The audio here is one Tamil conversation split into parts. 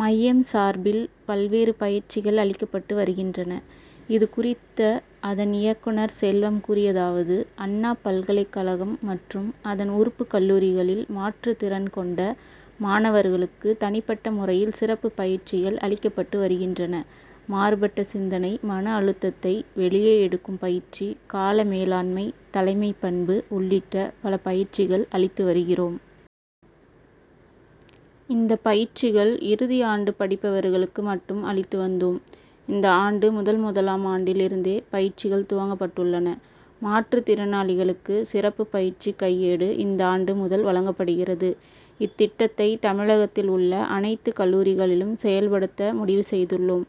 மையம் சார்பில் பல்வேறு பயிற்சிகள் அளிக்கப்பட்டு வருகின்றன. இது குறித்த அதன் இயக்குனர் செல்வம் கூறியதாவது அண்ணா பல்கலைக் கழகம் மற்றும் அதன் உறுப்புக் கல்லூரிகளில் மாற்றுத் திறன் கொண்ட மாணவர்களுக்கு தனிப்பட்ட முறையில் சிறப்பு பயிற்சிகள் அளிக்கப்பட்டு வருகின்றன. மாறுபட்ட சிந்தனை, மன அழுத்தத்தை வெளியே எடுக்கும் பயற்சி, கால மேலாண்மை, தலைமைப் பண்பு உள்ளிட்ட பல பயிற்சிகள் அளித்து வருகிறோம். இந்த பயிற்சிகள் இறுதி ஆண்டு படிப்பவர்களுக்கு மட்டும் அளித்து வந்தோம். இந்த ஆண்டு முதல் முதலாம் ஆண்டில் இருந்தே பயிற்சிகள் துவக்கப்பட்டுள்ளன. மாற்றுத் திறனாளிகளுக்கு சிறப்பு பயற்சி கையேடு இந்தாண்டு முதல் வழங்கப்படுகிறது. இத்திட்டத்தை தமிழகத்தில் உள்ள அனைத்து கல்லூரிகளிலும் செயல்படுத்த முடிவு செய்துள்ளோம்.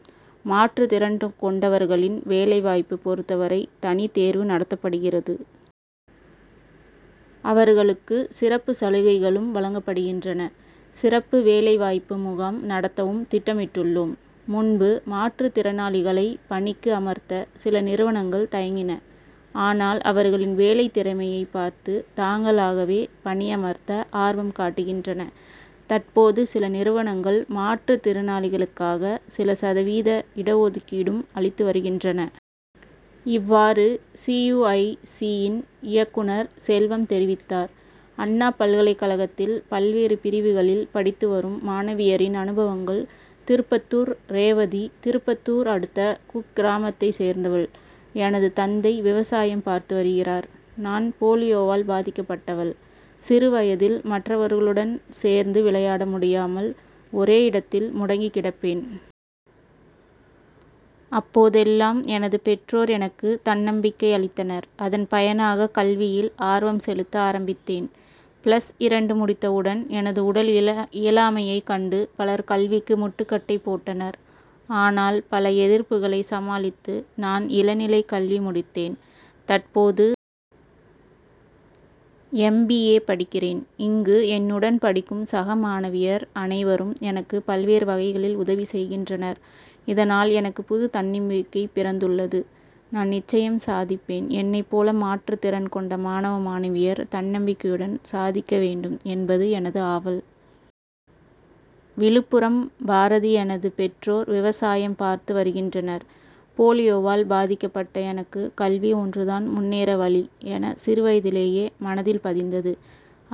மாற்றுத் திறன் கொண்டவர்களின் வேலை வாய்ப்பு பொறுத்தவரை தனி தேர்வு நடத்தப்படுகிறது. அவர்களுக்கு சிறப்பு சலுகைகளும் வழங்கப்படுகின்றன. சிறப்பு வேலை வாய்ப்பு முகாம் நடத்தவும் திட்டமிட்டுள்ளோம். முன்பு மாற்றுத் திறனாளிகளை பணிக்கு அமர்த்த சில நிறுவனங்கள் தயங்கின. ஆனால், அவர்களின் வேலை திறமையை பார்த்து தாங்களாகவே பணியமர்த்த ஆர்வம் காட்டுகின்றன. தற்போது, சில நிறுவனங்கள் மாற்றுத் திறனாளிகளுக்காக சில சதவீத இட ஒதுக்கீடும் அளித்து வருகின்றன. இவ்வாறு சி. யு. ஐ. சி., யின் இயக்குனர் செல்வம் தெரிவித்தார். அண்ணா பல்கலைக் கழகத்தில் பல்வேறு பிரிவுகளில் படித்து வரும் மாணவியரின் அனுபவங்கள் திருப்பத்தூர் ரேவதி திருப்பத்தூர் அடுத்த குக்கிராமத்தை சேர்ந்தவள். எனது தந்தை விவசாயம் பார்த்து வருகிறார். நான் போலியோவால் பாதிக்கப்பட்டவள். சிறு வயதில் மற்றவர்களுடன் சேர்ந்து விளையாட முடியாமல் ஒரே இடத்தில் முடங்கி கிடப்பேன். அப்போதெல்லாம் எனது பெற்றோர் எனக்கு தன்னம்பிக்கை அளித்தனர். அதன் பயனாக கல்வியில் ஆர்வம் செலுத்த ஆரம்பித்தேன். பிளஸ் இரண்டு முடித்தவுடன், எனது உடல் இயலாமையைக் கண்டு பலர் கல்விக்கு முட்டுக்கட்டை போட்டனர். ஆனால், பல எதிர்ப்புகளை சமாளித்து நான் இளநிலை கல்வி முடித்தேன். தற்போது எம்.பி. ஏ., படிக்கிறேன். இங்கு, என்னுடன் படிக்கும் சக மாணவியர் அனைவரும் எனக்கு பல்வேறு வகைகளில் உதவி செய்கின்றனர். இதனால், எனக்கு புது தன்னம்பிக்கை பிறந்துள்ளது. நான் நிச்சயம் சாதிப்பேன். என்னைப் போல மாற்றுத் திறன் கொண்ட மாணவ, மாணவியர் தன்னம்பிக்கையுடன் சாதிக்க வேண்டும் என்பது எனது ஆவல். விழுப்புரம் பாரதி எனது பெற்றோர் விவசாயம் பார்த்து வருகின்றனர். போலியோவால் பாதிக்கப்பட்ட எனக்கு கல்வி ஒன்றுதான் முன்னேற வழி என சிறுவயதிலேயே மனதில் பதிந்தது.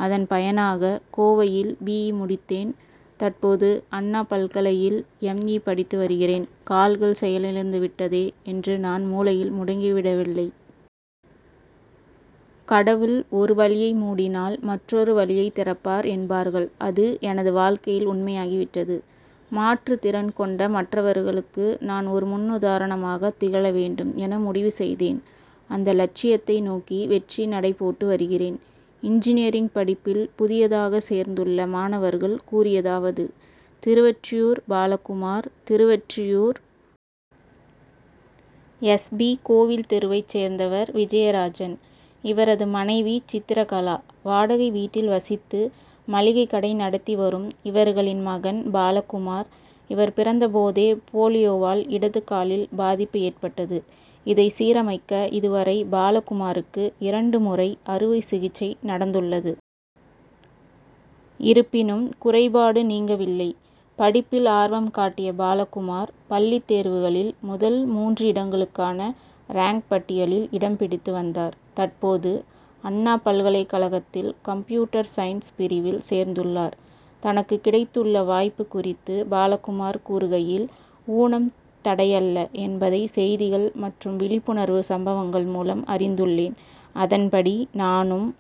அதன் பயனாக கோவையில் பி. இ., முடித்தேன். தற்போது, அண்ணா பல்கலையில் எம். இ., படித்து வருகிறேன். கால்கள் செயல் இழந்துவிட்டதே என்று நான் மூலையில் முடங்கிவிடவில்லை. கடவுள் ஒரு வழியை மூடினால் மற்றொரு வழியை திறப்பார் என்பார்கள் அது எனது வாழ்க்கையில் உண்மையாகிவிட்டது. மாற்றுத் திறன் கொண்ட மற்றவர்களுக்கு நான் ஒரு முன் உதாரணமாக திகழ வேண்டும் என முடிவு செய்தேன். அந்த லட்சியத்தை நோக்கி வெற்றி நடை போட்டு வருகிறேன். இன்ஜினியரிங் படிப்பில் புதியதாக சேர்ந்துள்ள மாணவர்கள் கூறியதாவது திருவொற்றியூர் பாலகுமார் திருவொற்றியூர் எஸ்.பி.,கோவில் தெருவைச் சேர்ந்தவர் விஜயராஜன். இவரது மனைவி சித்திரகலா. வாடகை வீட்டில் வசித்து, மளிகை கடை நடத்தி வரும் இவர்களின் மகன் பாலகுமார். இவர் பிறந்த போதே போலியோவால் இடது காலில் பாதிப்பு ஏற்பட்டது. இதை சீரமைக்க இதுவரை பாலகுமாருக்கு இரண்டு முறை அறுவை சிகிச்சை நடந்துள்ளது. இருப்பினும் குறைபாடு நீங்கவில்லை. படிப்பில் ஆர்வம் காட்டிய பாலகுமார் பள்ளித் தேர்வுகளில் முதல் மூன்று இடங்களுக்கான ரேங்க் பட்டியலில் இடம் பிடித்து வந்தார். தற்போது, அண்ணா பல்கலை கழகத்தில் கம்ப்யூட்டர் சயின்ஸ் பிரிவில் சேர்ந்துள்ளார். தனக்கு கிடைத்துள்ள வாய்ப்பு குறித்து பாலகுமார் கூறுகையில், ஊனம் தடையல்ல என்பதை செய்திகள் மற்றும் விழிப்புணர்வு சம்பவங்கள் மூலம் அறிந்துள்ளேன். அதன்படி நானும்